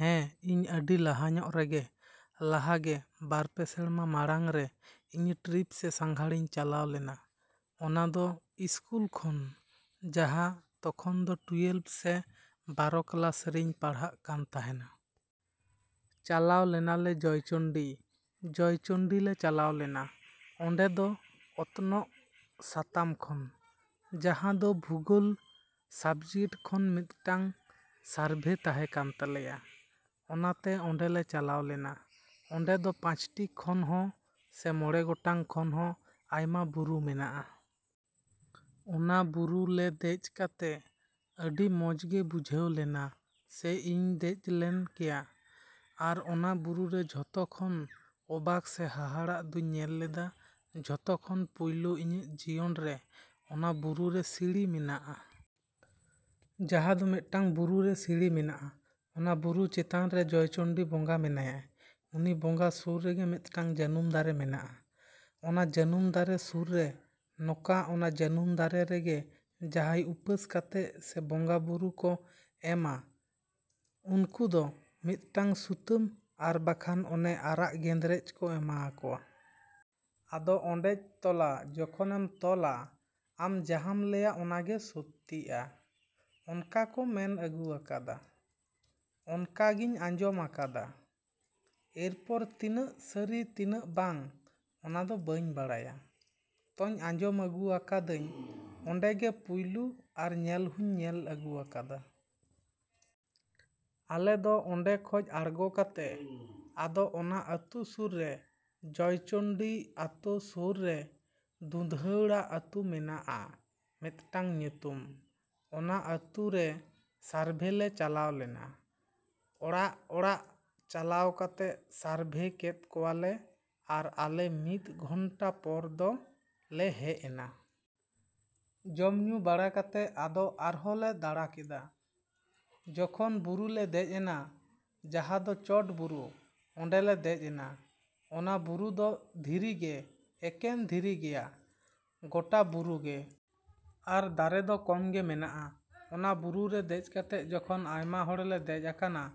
‎ᱦᱮᱸ, ᱤᱧ ᱟᱹᱰᱤ ᱞᱟᱦᱟ ᱧᱚᱜ ᱨᱮᱜᱮ, ᱞᱟᱦᱟ ᱜᱮ ᱵᱟᱨ ᱯᱮ ᱥᱮᱨᱢᱟ ᱢᱟᱲᱟᱝᱨᱮ ᱤᱧ ᱴᱨᱤᱯ ᱥᱮ ᱥᱟᱸᱜᱷᱟᱨ ᱤᱧ ᱪᱟᱞᱟᱣ ᱞᱮᱱᱟ᱾ ᱚᱱᱟ ᱫᱚ ᱤᱥᱠᱩᱞ ᱠᱷᱚᱱ, ᱡᱟᱦᱟᱸ ᱛᱚᱠᱷᱚᱱ ᱫᱚ ᱴᱩᱭᱮᱞᱵᱷ ᱥᱮ ᱵᱟᱨᱚ ᱠᱮᱞᱟᱥ ᱨᱮᱧ ᱯᱟᱲᱦᱟᱜ ᱠᱟᱱ ᱛᱟᱦᱮᱸᱱᱟ᱾ ᱪᱟᱞᱟᱣ ᱞᱮᱱᱟ ᱞᱮ ᱡᱚᱭᱪᱚᱱᱰᱤ᱾ ᱡᱚᱭᱪᱚᱱᱰᱤ ᱞᱮ ᱪᱟᱞᱟᱣ ᱞᱮᱱᱟ᱾ ᱚᱸᱰᱮ ᱫᱚ ᱚᱛᱱᱚᱜ ᱥᱟᱛᱟᱢ ᱠᱷᱚᱱ, ᱡᱟᱦᱟᱸ ᱫᱚ ᱵᱷᱩᱜᱳᱞ ᱥᱟᱵᱡᱮᱠᱴ ᱠᱷᱚᱱ ᱢᱤᱫᱴᱟᱝ ᱥᱟᱨᱵᱷᱮ ᱛᱟᱦᱮᱸ ᱠᱟᱱ ᱛᱟᱞᱮᱭᱟ᱾ ᱚᱱᱟᱛᱮ ᱚᱸᱰᱮ ᱞᱮ ᱪᱟᱞᱟᱣ ᱞᱮᱱᱟ᱾ ᱚᱸᱰᱮ ᱫᱚ ᱯᱟᱸᱪᱴᱤ ᱠᱷᱚᱱ ᱦᱚᱸ ᱥᱮ ᱢᱚᱬᱮ ᱜᱚᱴᱟᱝ ᱠᱷᱚᱱ ᱦᱚᱸ ᱟᱭᱢᱟ ᱵᱩᱨᱩ ᱢᱮᱱᱟᱜᱼᱟ᱾ ᱚᱱᱟ ᱵᱩᱨᱩ ᱞᱮ ᱫᱮᱡᱽ ᱠᱟᱛᱮ ᱟᱹᱰᱤ ᱢᱚᱡ ᱜᱮ ᱵᱩᱡᱷᱟᱹᱣ ᱞᱮᱱᱟ ᱥᱮ ᱤᱧ ᱫᱮᱡ ᱞᱮᱱ ᱜᱮᱭᱟ᱾ ᱟᱨ ᱚᱱᱟ ᱵᱩᱨᱩ ᱨᱮ ᱡᱚᱛᱚ ᱠᱷᱚᱱ ᱚᱵᱟᱠ ᱥᱮ ᱦᱟᱦᱟᱲᱟᱜ ᱫᱚᱧ ᱧᱮᱞ ᱞᱮᱫᱟ ᱡᱚᱛᱚ ᱠᱷᱚᱱ ᱯᱩᱭᱞᱳ ᱤᱧᱟᱹᱜ ᱡᱤᱭᱚᱱ ᱨᱮ ᱚᱱᱟ ᱵᱩᱨᱩ ᱨᱮ ᱥᱤᱲᱤ ᱢᱮᱱᱟᱜᱼᱟ᱾ ᱡᱟᱦᱟᱸ ᱫᱚ ᱢᱤᱫᱴᱟᱝ ᱵᱩᱨᱩ ᱨᱮᱜᱮ ᱥᱤᱲᱤ ᱢᱮᱱᱟᱜᱼᱟ᱾ ᱚᱱᱟ ᱵᱩᱨᱩ ᱪᱮᱛᱟᱱ ᱨᱮ ᱡᱚᱭᱪᱚᱱᱰᱤ ᱵᱚᱸᱜᱟ ᱢᱮᱱᱟᱭᱟ᱾ ᱩᱱᱤ ᱵᱚᱸᱜᱟ ᱥᱩᱨ ᱨᱮᱜᱮ ᱢᱤᱫᱴᱟᱝ ᱡᱟᱹᱱᱩᱢ ᱫᱟᱨᱮ ᱢᱮᱱᱟᱜᱼᱟ᱾ ᱚᱱᱟ ᱡᱟᱹᱱᱩᱢ ᱫᱟᱨᱮ ᱥᱩᱨ ᱨᱮ ᱱᱚᱝᱠᱟ ᱚᱱᱟ ᱡᱟᱹᱱᱩᱢ ᱫᱟᱨᱮ ᱨᱮᱜᱮ ᱡᱟᱦᱟᱭ ᱩᱯᱟᱹᱥ ᱠᱟᱛᱮ ᱥᱮ ᱵᱚᱸᱜᱟ ᱵᱩᱨᱩ ᱠᱚ ᱮᱢᱟ ᱩᱱᱠᱩ ᱫᱚ ᱢᱤᱫᱴᱟᱝ ᱥᱩᱛᱟᱹᱢ ᱟᱨ ᱵᱟᱠᱷᱟᱱ ᱚᱱᱮ ᱟᱨᱟᱜ ᱜᱮᱫᱨᱮᱡᱽ ᱠᱚ ᱮᱢᱟ ᱟᱠᱚᱣᱟ᱾ ᱟᱫᱚ ᱚᱸᱰᱮᱢ ᱛᱚᱞᱟ, ᱡᱚᱠᱷᱚᱱᱮᱢ ᱛᱚᱞᱟ ᱟᱢ ᱡᱟᱦᱟᱸᱢ ᱞᱟᱹᱭᱟ ᱚᱱᱟ ᱜᱮ ᱥᱚᱛᱤᱜᱼᱟ᱾ ᱚᱱᱠᱟ ᱠᱚ ᱢᱮᱱ ᱟᱹᱜᱩᱣᱟᱠᱟᱫᱟ, ᱚᱱᱠᱟ ᱜᱮᱧ ᱟᱡᱚᱢ ᱟᱠᱟᱫᱟ᱾ ᱮᱨᱯᱚᱨ ᱛᱤᱱᱟᱹᱜ ᱥᱟᱹᱨᱤ ᱛᱤᱱᱟᱹᱜ ᱵᱟᱝ ᱚᱱᱟ ᱫᱚ ᱵᱟᱹᱧ ᱵᱟᱲᱟᱭᱟ᱾ ᱛᱚᱧ ᱟᱸᱡᱚᱢ ᱟᱹᱜᱩᱣᱟᱠᱟᱫᱟᱹᱧ ᱚᱸᱰᱮ ᱜᱮ ᱯᱩᱭᱞᱩ ᱟᱨ ᱧᱮᱞ ᱦᱚᱧ ᱧᱮᱞ ᱟᱹᱜᱩᱣᱟᱠᱟᱫᱟ᱾ ᱟᱞᱮ ᱫᱚ ᱚᱸᱰᱮ ᱠᱷᱚᱡ ᱟᱲᱜᱚ ᱠᱟᱛᱮᱫ ᱟᱫᱚ ᱚᱱᱟ ᱟᱹᱛᱩ ᱥᱩᱨ ᱨᱮ, ᱡᱚᱭᱪᱚᱱᱰᱤ ᱟᱹᱛᱩ ᱥᱩᱨ ᱨᱮ ᱱᱩᱱᱫᱩᱣᱟᱲᱟ ᱟᱹᱛᱩ ᱢᱮᱱᱟᱜᱼᱟ ᱢᱤᱫᱴᱟᱝ ᱧᱩᱛᱩᱢ᱾ ᱚᱱᱟ ᱟᱹᱛᱩ ᱨᱮ ᱥᱟᱨᱵᱷᱮ ᱞᱮ ᱪᱟᱞᱟᱣᱮᱱᱟ᱾ ᱚᱲᱟᱜᱼᱚᱲᱟᱜ ᱪᱟᱞᱟᱣ ᱠᱟᱛᱮ ᱥᱟᱨᱵᱷᱮ ᱠᱮᱫ ᱠᱚᱣᱟ ᱞᱮ ᱟᱨ ᱟᱞᱮ ᱢᱤᱫ ᱜᱷᱚᱱᱴᱟ ᱯᱚᱨ ᱫᱚ ᱞᱮ ᱦᱮᱡ ᱮᱱᱟ᱾ ᱡᱚᱢ ᱧᱩ ᱵᱟᱲᱟ ᱠᱟᱛᱮ ᱟᱫᱚ ᱟᱨᱦᱚᱸ ᱞᱮ ᱫᱟᱸᱲᱟ ᱠᱮᱫᱟ᱾ ᱡᱚᱠᱷᱚᱱ ᱵᱩᱨᱩ ᱞᱮ ᱫᱮᱡᱽ ᱮᱱᱟ, ᱡᱟᱦᱟᱸ ᱫᱚ ᱪᱚᱴ ᱵᱩᱨᱩ ᱚᱸᱰᱮ ᱞᱮ ᱫᱮᱡ ᱮᱱᱟ᱾ ᱚᱱᱟ ᱵᱩᱨᱩ ᱫᱚ ᱫᱷᱤᱨᱤ ᱜᱮ, ᱮᱠᱷᱮᱱ ᱫᱷᱤᱨᱤ ᱜᱮᱭᱟ ᱜᱚᱴᱟ ᱵᱩᱨᱩ ᱜᱮ᱾ ᱟᱨ ᱫᱟᱨᱮ ᱫᱚ ᱠᱚᱢ ᱜᱮ ᱢᱮᱱᱟᱜᱼᱟ᱾ ᱚᱱᱟ ᱵᱩᱨᱩ ᱨᱮ ᱫᱮᱡ ᱠᱟᱛᱮ ᱡᱚᱠᱷᱚᱱ ᱟᱭᱢᱟ ᱦᱚᱲ ᱞᱮ ᱫᱮᱡ ᱟᱠᱟᱱᱟ,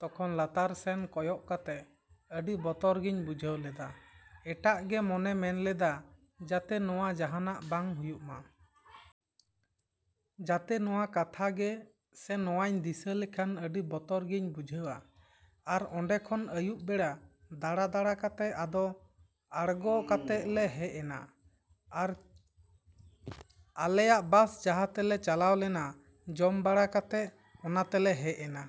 ᱛᱚᱠᱷᱚᱱ ᱞᱟᱛᱟᱨ ᱥᱮᱱ ᱠᱚᱭᱚᱜ ᱠᱟᱛᱮ ᱟᱹᱰᱤ ᱵᱚᱛᱚᱨ ᱜᱮᱧ ᱵᱩᱡᱷᱟᱹᱣ ᱞᱮᱫᱟ᱾ ᱮᱴᱟᱜ ᱜᱮ ᱢᱚᱱᱮ ᱢᱮᱱ ᱞᱮᱫᱟ ᱡᱟᱛᱮ ᱱᱚᱣᱟ ᱡᱟᱦᱟᱱᱟᱜ ᱵᱟᱝ ᱦᱩᱭᱩᱜ ᱢᱟ᱾ ᱡᱟᱛᱮ ᱱᱚᱣᱟ ᱠᱟᱛᱷᱟ ᱜᱮ ᱥᱮ ᱱᱚᱣᱟᱧ ᱫᱤᱥᱟᱹ ᱞᱮᱠᱷᱟᱱ ᱟᱹᱰᱤ ᱵᱚᱛᱚᱨ ᱜᱮᱧ ᱵᱩᱡᱷᱟᱹᱣᱟ᱾ ᱟᱨ ᱚᱸᱰᱮ ᱠᱷᱚᱱ ᱟᱭᱩᱵ ᱵᱮᱲᱟ ᱫᱟᱸᱲᱟ ᱫᱟᱸᱲᱟ ᱠᱟᱛᱮ ᱟᱫᱚ ᱟᱲᱜᱚ ᱠᱟᱛᱮ ᱞᱮ ᱦᱮᱡ ᱮᱱᱟ᱾ ᱟᱨ ᱟᱞᱮᱭᱟᱜ ᱵᱟᱥ ᱡᱟᱦᱟᱸ ᱛᱮᱞᱮ ᱪᱟᱞᱟᱣ ᱞᱮᱱᱟ, ᱡᱚᱢ ᱵᱟᱲᱟ ᱠᱟᱛᱮ ᱚᱱᱟ ᱛᱮᱞᱮ ᱦᱮᱡ ᱮᱱᱟ᱾।